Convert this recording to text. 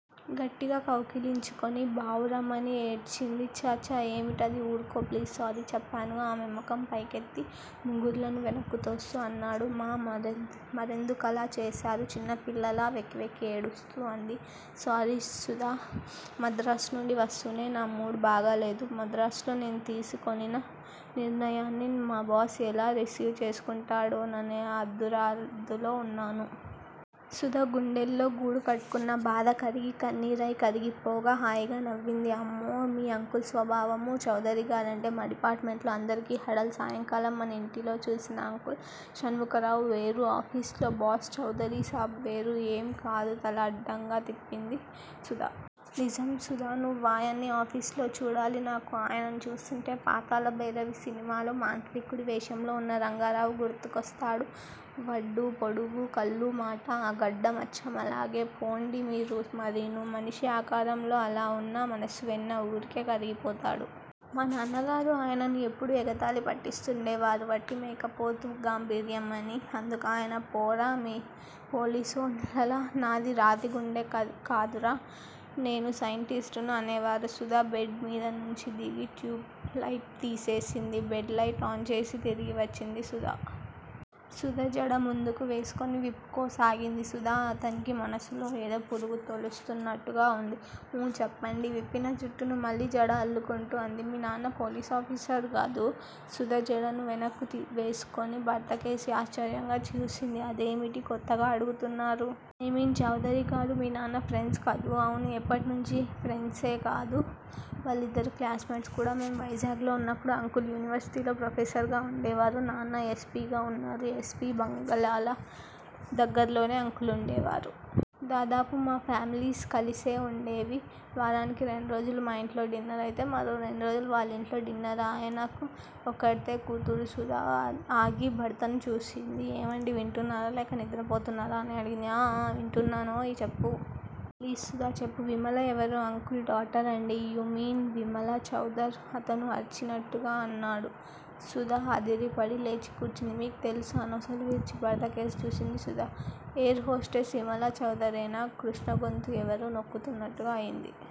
గట్టిగా కౌగలించుకొని బావురుమని ఏడ్చింది. ఛ! ఛ! ఏమిటిది? ఊరుకో ప్లీజ్ సారీ చెప్పానుగా? ఆమె ముఖం పైకెత్తి ముంగురులను వెనక్కు తోస్తూ అన్నాడు. మ మరెందుకలా చేశారు? చిన్నపిల్లలా వెక్కివెక్కి ఏడుస్తూ అంది. సారీ సుధా! మద్రాసునుండి వస్తూనే నా మూడ్ బాగా లేదు మద్రాసులో నేను తీసికొనిన నిర్ణయాన్ని మా బాస్ ఎలా రిసీవ్ చేసుకుంటాడోననే ఆదుర్దాలో వున్నాను. సుధ గుండెల్లో గూడుకట్టుకొన్న బాధ కరిగి కన్నీరయి కరిగిపోగా, హాయిగా నవ్వింది. అమ్మో! మీ అంకుల్ స్వభావమూ? చౌదరిగారంటే మా డిపార్టుమెంట్ లో అందరికీ హడల్. సాయంకాలం మన ఇంటిలో చూసిన అంకుల్ షణ్ముఖరావు వేరు. ఆఫీస్ లో బాస్-చౌదరీసాబ్ వేరు. ఏం కాదు తల అడ్డంగా తిప్పింది సుధ. నిజం సుధా. నువ్వాయన్ని ఆఫీసులో చూడాలి. నాకు ఆయనను చూస్తుంటే పాతాళభైరవి సినిమాలో మాంత్రికుడి వేషంలో వున్న రంగారావు గుర్తుకొస్తాడు. వడ్డూ, పొడుగూ, కళ్ళూ, మాటా, ఆ గడ్డం, అచ్చం అలాగే పోండీ! మీరు మరీనూ? మనిషి ఆకారంలో అలా వున్నా మనసు వెన్న- ఊరికె కరిగిపోతాడు. మానాన్నగారు ఆయనను ఎప్పుడూ ఎగతాళి పట్టిస్తుండేవారు. వట్టి మేకపోతు గాంభీర్యం అని. అందుకాయన- పోరా! మీ పోలీసోళ్ళలా నాది రాతిగుండె కాదురా! నేను సైంటిస్టును అనేవారు. సుధ బెడ్ మీదినుంచి దిగి ట్యూబ్ లైటు తీసేసింది. బెడ్ లైట్ ఆన్ చేసి తిరిగి వచ్చింది. సుధా? సుధ జడముందుకు వేసుకొని విప్పుకోసాగింది. సుధా! అతనికి మనసులో ఏదో పురుగు తొలుస్తున్నట్టుగా వుంది. ఊఁ చెప్పండి. విప్పిన జుట్టును మళ్ళీ జడ అల్లుకొంటూ అంది. మీ నాన్న పోలీసాఫీసారు గదూ? సుధ జడను వెనక్కు వేసికొని భర్తకేసి ఆశ్చర్యంగా చూసింది. అదేమిటి కొత్తగా అడుగుతున్నారూ? ఐ మీన్ చౌదరిగారూ, మీ నాన్న ఫ్రెండ్స్ కదూ? అవునూ! ఎప్పటినుంచీ? ఫ్రెండ్సే కాదు. వాళ్ళిద్దరూ క్లాస్ మేట్సు కూడా. మేము వైజాగ్ లో ఉన్నప్పుడు అంకుల్ యూనివర్సిటీ లో ప్రొఫెసర్ గా వుండేవారు. నాన్న యస్. పి. గా ఉన్నారు. యస్పీ బంగళాల దగ్గరలోనే అంకుల్ వుండేవారు. దాదాపు మా ఫామిలీస్ కలిసే వుండేవి. వారానికి రెండు రోజులు మా ఇంట్లో డిన్నర్ అయితే మరో రెండురోజులు వాళ్ళింట్లో డిన్నర్ ఆయనాకూ ఒక్కరితే కూతురు సుధ ఆగి భర్తను చూసింది. ఏమండీ వింటున్నారా? లేక నిద్రపోతున్నారా? అని అడిగింది. ఆఁ ఆఁ వింటున్నానోయ్ చెప్పూ? ప్లీజ్ సుధా? చెప్పు. విమల ఎవరూ! అంకుల్ డాటరండీ. యూ మీన్ విమలాచౌదరా? అతను అరిచినట్టుగా అన్నాడు. సుధ అదిరిపడి లేచి కూర్చుంది. మీకు తెలుసా? నొసలు విరిచి భర్త కేసి చూసింది సుధ. ఎయిర్ హోస్టెస్ విమలాచౌదరేనా? కృష్ణ గొంతు ఎవరో నొక్కుతున్నట్టుగా అయింది.